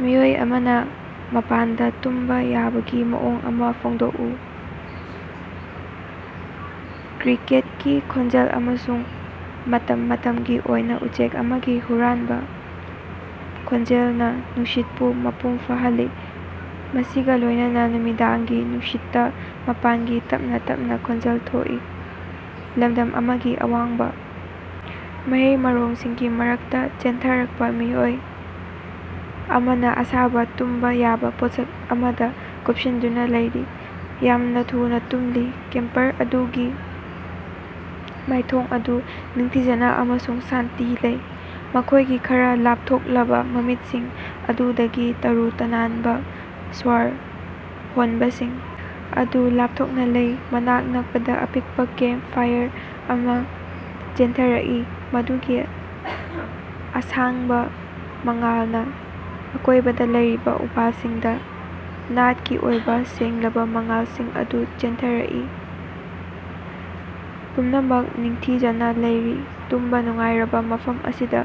ꯃꯤꯑꯣꯏ ꯑꯃꯅꯥ ꯃꯄꯥꯟꯗꯥ ꯇꯨꯝꯕꯥ ꯌꯥꯕꯒꯤ ꯃꯑꯣꯡ ꯑꯃꯥ ꯐꯣꯡꯗꯣꯛꯎ꯫ ꯀ꯭ꯔꯤꯀꯦꯠꯀꯤ ꯈꯣꯟꯖꯦꯜ ꯑꯃꯁꯨꯡ ꯃꯇꯝ ꯃꯇꯝꯒꯤ ꯑꯣꯏꯅꯥ ꯎꯆꯦꯛ ꯑꯃꯒꯤ ꯍꯨꯔꯥꯟꯕꯥ ꯈꯣꯟꯖꯦꯜꯅꯥ ꯅꯨꯡꯁꯤꯠꯄꯨ ꯃꯄꯨꯡ ꯐꯥꯍꯜꯂꯤ, ꯃꯁꯤꯒꯥ ꯂꯣꯏꯅꯅꯥ ꯅꯨꯃꯤꯗꯥꯡꯒꯤ ꯅꯨꯡꯁꯤꯠꯇꯥ ꯃꯄꯥꯟꯒꯤ ꯇꯞꯅꯥ ꯇꯞꯅꯥ ꯈꯣꯟꯖꯦꯜ ꯊꯣꯛꯏ꯫ ꯂꯝꯗꯝ ꯑꯃꯒꯤ ꯑꯋꯥꯡꯕꯥ ꯃꯍꯩ ꯃꯔꯣꯡꯁꯤꯡꯒꯤ ꯃꯔꯛꯇꯥ ꯆꯦꯟꯊꯔꯛꯄꯥ ꯃꯤꯑꯣꯏ ꯑꯃꯅꯥ ꯑꯁꯥꯕꯥ ꯇꯨꯝꯕꯥ ꯌꯥꯕꯥ ꯄꯣꯠꯁꯛ ꯑꯃꯗꯥ ꯀꯨꯞꯁꯤꯟꯗꯨꯅꯥ ꯂꯩꯔꯤ, ꯌꯥꯝꯅꯥ ꯊꯨꯅꯥ ꯇꯨꯝꯂꯤ꯫ ꯀꯦꯝꯄꯔ ꯑꯗꯨꯒꯤ ꯃꯥꯏꯊꯣꯡ ꯑꯗꯨ ꯅꯤꯡꯊꯤꯖꯅꯥ ꯑꯃꯁꯨꯡ ꯁꯥꯟꯇꯤ ꯂꯩ, ꯃꯈꯣꯏꯒꯤ ꯈꯔꯥ ꯂꯥꯞꯊꯣꯛꯂꯕꯥ ꯃꯃꯤꯠꯁꯤꯡ ꯑꯗꯨꯗꯒꯤ ꯇꯔꯨ ꯇꯅꯥꯟꯕꯥ ꯁ꯭ꯋꯔ ꯍꯣꯟꯕꯁꯤꯡ ꯑꯗꯨ ꯂꯥꯞꯊꯣꯛꯅꯥ ꯂꯩ꯫ ꯃꯅꯥꯛ ꯅꯛꯄꯗꯥ ꯑꯄꯤꯛꯄꯥ ꯀꯦꯝꯄ ꯐꯥꯏꯔ ꯑꯃꯅꯥ ꯆꯦꯟꯊꯔꯛꯏ, ꯃꯗꯨꯒꯤ ꯑꯁꯥꯡꯕꯥ ꯃꯉꯥꯜꯅꯥ ꯑꯀꯣꯏꯕꯗꯥ ꯂꯩꯔꯤꯕꯥ ꯎꯄꯥꯜꯁꯤꯡꯗꯥ ꯅꯥꯠꯀꯤ ꯑꯣꯏꯕꯥ ꯁꯦꯡꯂꯕꯥ ꯃꯉꯥꯜꯁꯤꯡ ꯑꯗꯨ ꯆꯦꯟꯊꯔꯛꯏ꯫ ꯄꯨꯝꯅꯃꯛ ꯅꯤꯡꯊꯤꯖꯅꯥ ꯂꯩꯔꯤ ꯇꯨꯝꯕꯥ ꯅꯨꯡꯉꯥꯏꯔꯕꯥ ꯃꯐꯝ ꯑꯁꯤꯗꯥ,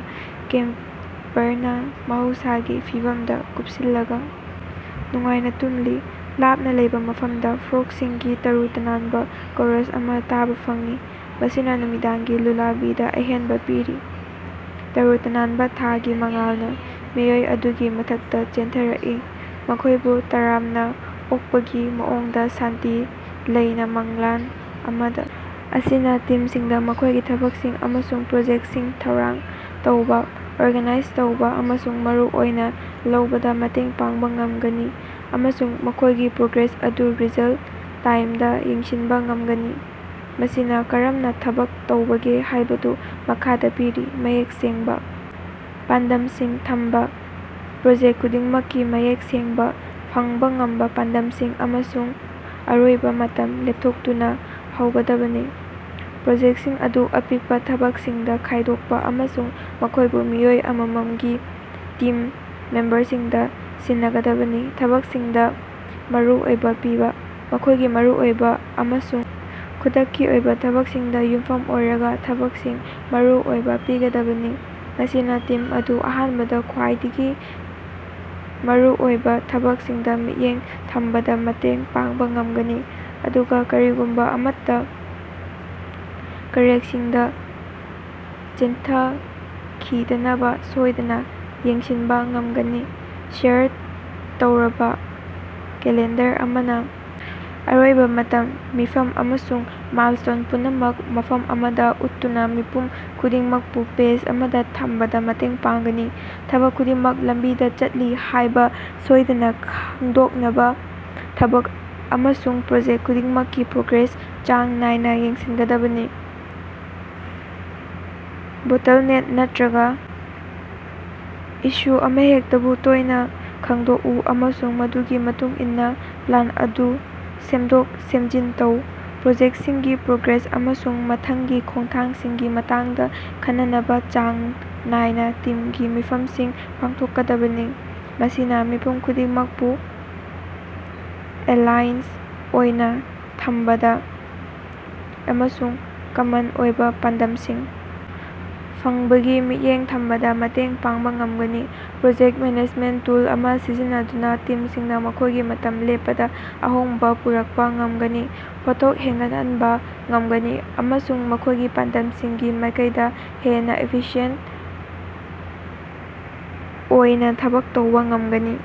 ꯀꯦꯝꯄꯔꯅꯥ ꯃꯍꯧꯁꯥꯒꯤ ꯐꯤꯚꯝꯗꯥ ꯀꯨꯞꯁꯤꯜꯂꯒꯥ ꯅꯨꯡꯉꯥꯏꯅ ꯇꯨꯝꯂꯤ꯫ ꯂꯥꯞꯅꯥ ꯂꯩꯕꯥ ꯃꯐꯝꯗꯥ ꯐ꯭ꯔꯣꯛꯁꯤꯡꯒꯤ ꯇꯔꯨ ꯇꯅꯥꯟꯕꯥ ꯀꯣꯔꯁ ꯑꯃꯥ ꯇꯥꯕꯥ ꯐꯪꯏ, ꯃꯁꯤꯅꯥ ꯅꯨꯃꯤꯗꯥꯡꯒꯤ ꯂꯨꯂꯥꯕꯤꯗꯥ ꯑꯍꯦꯟꯕꯥ ꯄꯤꯔꯤ꯫ ꯇꯔꯨ ꯇꯅꯥꯟꯕꯥ ꯊꯥꯒꯤ ꯃꯉꯥꯜꯅꯥ ꯃꯤꯑꯣꯏ ꯑꯗꯨꯒꯤ ꯃꯊꯛꯇꯥ ꯆꯦꯟꯊꯔꯛꯏ, ꯃꯈꯣꯏꯕꯨ ꯇꯔꯥꯝꯅꯥ ꯑꯣꯛꯄꯒꯤ ꯃꯑꯣꯡꯗꯥ ꯁꯥꯟꯇꯤ ꯂꯩꯅꯥ ꯃꯪꯂꯥꯟ ꯑꯃꯗꯥ ꯑꯁꯤꯅꯥ ꯇꯤꯝꯁꯤꯡꯗꯥ ꯃꯈꯣꯏꯒꯤ ꯊꯕꯛꯁꯤꯡ ꯑꯃꯁꯨꯡ ꯄ꯭ꯔꯣꯖꯦꯛꯁꯤꯡ ꯊꯧꯔꯥꯡ ꯇꯧꯕꯥ, ꯑꯣꯔꯒꯅꯥꯏꯖ ꯇꯧꯕꯥ ꯑꯃꯁꯨꯡ ꯃꯔꯨ ꯑꯣꯏꯅꯥ ꯂꯧꯕꯗꯥ ꯃꯇꯦꯡ ꯄꯥꯡꯕꯥ ꯉꯝꯒꯅꯤ ꯑꯃꯁꯨꯡ ꯃꯈꯣꯏꯒꯤ ꯄ꯭ꯔꯣꯒ꯭ꯔꯦꯁ ꯑꯗꯨ ꯔꯤꯑꯦꯜ-ꯇꯥꯏꯝꯗꯥ ꯌꯦꯡꯁꯤꯟꯕꯥ ꯉꯝꯒꯅꯤ꯫ ꯃꯁꯤꯅꯥ ꯀꯔꯝꯅꯥ ꯊꯕꯛ ꯇꯧꯕꯒꯦ ꯍꯥꯏꯕꯗꯨ ꯃꯈꯥꯗꯥ ꯄꯤꯔꯤ, ꯃꯌꯦꯛ ꯁꯦꯡꯕꯥ ꯄꯥꯟꯗꯝꯝꯁꯤꯡ ꯊꯝꯕꯥ: ꯄ꯭ꯔꯣꯖꯦꯛꯇ ꯈꯨꯗꯤꯡꯃꯛꯀꯤ ꯃꯌꯦꯛ ꯁꯦꯡꯕꯥ, ꯐꯪꯕꯥ ꯉꯝꯕꯥ ꯄꯥꯟꯗꯝꯁꯤꯡ ꯑꯃꯁꯨꯡ ꯑꯔꯣꯏꯕꯥ ꯃꯇꯝ ꯂꯦꯞꯊꯣꯛꯇꯨꯅꯥ ꯍꯧꯒꯗꯕꯅꯤ꯫ ꯄ꯭ꯔꯣꯖꯦꯛꯁꯤꯡ ꯑꯗꯨ ꯑꯄꯤꯛꯄꯥ ꯊꯕꯛꯁꯤꯡꯗꯥ ꯈꯥꯏꯗꯣꯛꯄꯥ ꯑꯃꯁꯨꯡ ꯃꯈꯣꯏꯕꯨ ꯃꯤꯑꯣꯏ ꯑꯃꯃꯝꯒꯤ ꯇꯤꯝ ꯃꯦꯝꯕꯔꯁꯤꯡꯗꯥ ꯁꯤꯟꯅꯒꯗꯕꯅꯤ꯫ ꯊꯕꯛꯁꯤꯡꯗꯥ ꯃꯔꯨ ꯑꯣꯏꯕꯥ ꯄꯤꯕꯥ: ꯃꯈꯣꯏꯒꯤ ꯃꯔꯨꯑꯣꯏꯕꯥ ꯑꯃꯁꯨꯡ ꯈꯨꯗꯛꯀꯤ ꯑꯣꯏꯕꯥ ꯊꯕꯛꯁꯤꯡꯗꯥ ꯌꯨꯝꯐꯝ ꯑꯣꯏꯔꯒꯥ ꯊꯕꯛꯁꯤꯡ ꯃꯔꯨ ꯑꯣꯏꯕꯥ ꯄꯤꯒꯗꯕꯅꯤ꯫ ꯃꯁꯤꯅꯥ ꯇꯤꯝ ꯑꯗꯨꯕꯨ ꯑꯍꯥꯟꯕꯗꯥ ꯈ꯭ꯋꯥꯏꯗꯒꯤ ꯃꯔꯨꯑꯣꯏꯕꯥ ꯊꯕꯛꯁꯤꯡꯗꯥ ꯃꯤꯠꯌꯦꯡ ꯊꯝꯕꯗꯥ ꯃꯇꯦꯡ ꯄꯥꯡꯕꯥ ꯉꯝꯒꯅꯤ, ꯑꯗꯨꯒꯥ ꯀꯔꯤꯒꯨꯝꯕꯥ ꯑꯃꯠꯇꯥ ꯀ꯭ꯔꯦꯛꯁꯤꯡꯗꯥ ꯆꯦꯟꯊꯈꯤꯗꯅꯕꯥ ꯁꯣꯏꯗꯅꯥ ꯌꯦꯡꯁꯤꯟꯕꯥ ꯉꯝꯒꯅꯤ꯫ ꯁꯦꯌꯥꯔ ꯇꯧꯔꯕꯥ ꯀꯦꯂꯦꯟꯗꯔ ꯑꯃꯅꯥ ꯑꯔꯣꯏꯕꯥ ꯃꯇꯝ, ꯃꯤꯐꯝ ꯑꯃꯁꯨꯡ ꯃꯥꯏꯜꯁ꯭ꯇꯣꯟ ꯄꯨꯝꯅꯃꯛ ꯃꯐꯝ ꯑꯃꯗꯥ ꯎꯠꯇꯨꯅꯥ ꯃꯤꯄꯨꯝ ꯈꯨꯗꯤꯡꯃꯛꯄꯨ ꯄꯦꯖ ꯑꯃꯗꯥ ꯊꯝꯕꯗꯥ ꯃꯇꯦꯡ ꯄꯥꯡꯒꯅꯤ꯫ ꯊꯕꯛ ꯈꯨꯗꯤꯡꯃꯛ ꯂꯝꯕꯤꯗꯥ ꯆꯠꯂꯤ ꯍꯥꯏꯕꯥ ꯁꯣꯏꯗꯅꯥ ꯈꯪꯗꯣꯛꯅꯕꯥ ꯊꯕꯛ ꯑꯃꯁꯨꯡ ꯄ꯭ꯔꯣꯖꯦꯛ ꯈꯨꯗꯤꯡꯃꯛꯀꯤ ꯄ꯭ꯔꯣꯒ꯭ꯔꯦꯁ ꯆꯥꯡ ꯅꯥꯏꯅꯥ ꯌꯦꯡꯁꯤꯟꯒꯗꯕꯅꯤ꯫ ꯕꯣꯇꯜꯅꯦꯛ ꯅꯠꯇ꯭ꯔꯒꯥ ꯏꯁꯨ ꯑꯃꯍꯦꯛꯇꯕꯨ ꯇꯣꯏꯅꯥ ꯈꯪꯗꯣꯛꯎ ꯑꯃꯁꯨꯡ ꯃꯗꯨꯒꯤ ꯃꯇꯨꯡꯏꯟꯅꯥ ꯄ꯭ꯂꯥꯟ ꯑꯗꯨ ꯁꯦꯝꯗꯣꯛ-ꯁꯦꯝꯖꯤꯟ ꯇꯧ꯫ ꯄ꯭ꯔꯣꯖꯦꯛꯁꯤꯡꯒꯤ ꯄ꯭ꯔꯣꯒ꯭ꯔꯦꯁ ꯑꯃꯁꯨꯡ ꯃꯊꯪꯒꯤ ꯈꯣꯡꯊꯥꯡꯁꯤꯡꯒꯤ ꯃꯇꯥꯡꯗꯥ ꯈꯟꯅꯅꯕꯥ ꯆꯥꯡ ꯅꯥꯏꯅꯥ ꯇꯤꯝꯒꯤ ꯃꯤꯐꯝꯁꯤꯡ ꯄꯥꯡꯊꯣꯛꯀꯗꯕꯅꯤ꯫ ꯃꯁꯤꯅꯥ ꯃꯤꯄꯨꯝ ꯈꯨꯗꯤꯡꯃꯛꯄꯨ ꯑꯦꯂꯥꯏꯟꯁ ꯑꯣꯏꯅꯥ ꯊꯝꯕꯗꯥ ꯑꯃꯁꯨꯡ ꯀꯃꯟ ꯑꯣꯏꯕꯥ ꯄꯥꯟꯗꯝꯁꯤꯡ ꯐꯪꯕꯒꯤ ꯃꯤꯠꯌꯦꯡ ꯊꯝꯕꯗꯥ ꯃꯇꯦꯡ ꯄꯥꯡꯕꯥ ꯉꯝꯒꯅꯤ꯫ ꯄ꯭ꯔꯣꯖꯦꯛꯇ ꯃꯦꯅꯦꯖꯃꯦꯟꯇ ꯇꯨꯜ ꯑꯃꯥ ꯁꯤꯖꯤꯟꯅꯗꯨꯅꯥ ꯇꯤꯝꯁꯤꯡꯅꯥ ꯃꯈꯣꯏꯒꯤ ꯃꯇꯝ ꯂꯦꯞꯄꯗꯥ ꯑꯍꯣꯡꯕꯥ ꯄꯨꯔꯛꯄꯥ ꯉꯝꯒꯅꯤ, ꯄꯣꯠꯊꯣꯛ ꯍꯦꯟꯒꯠꯍꯟꯕꯥ ꯉꯝꯒꯅꯤ ꯑꯃꯁꯨꯡ ꯃꯈꯣꯏꯒꯤ ꯄꯥꯟꯗꯝꯁꯤꯡꯒꯤ ꯃꯥꯏꯀꯩꯗꯥ ꯍꯦꯟꯅꯥ ꯏꯐꯤꯁꯤꯌꯦꯟ ꯑꯣꯏꯅꯥ ꯊꯕꯛ ꯇꯧꯕꯥ ꯉꯝꯒꯅꯤ꯫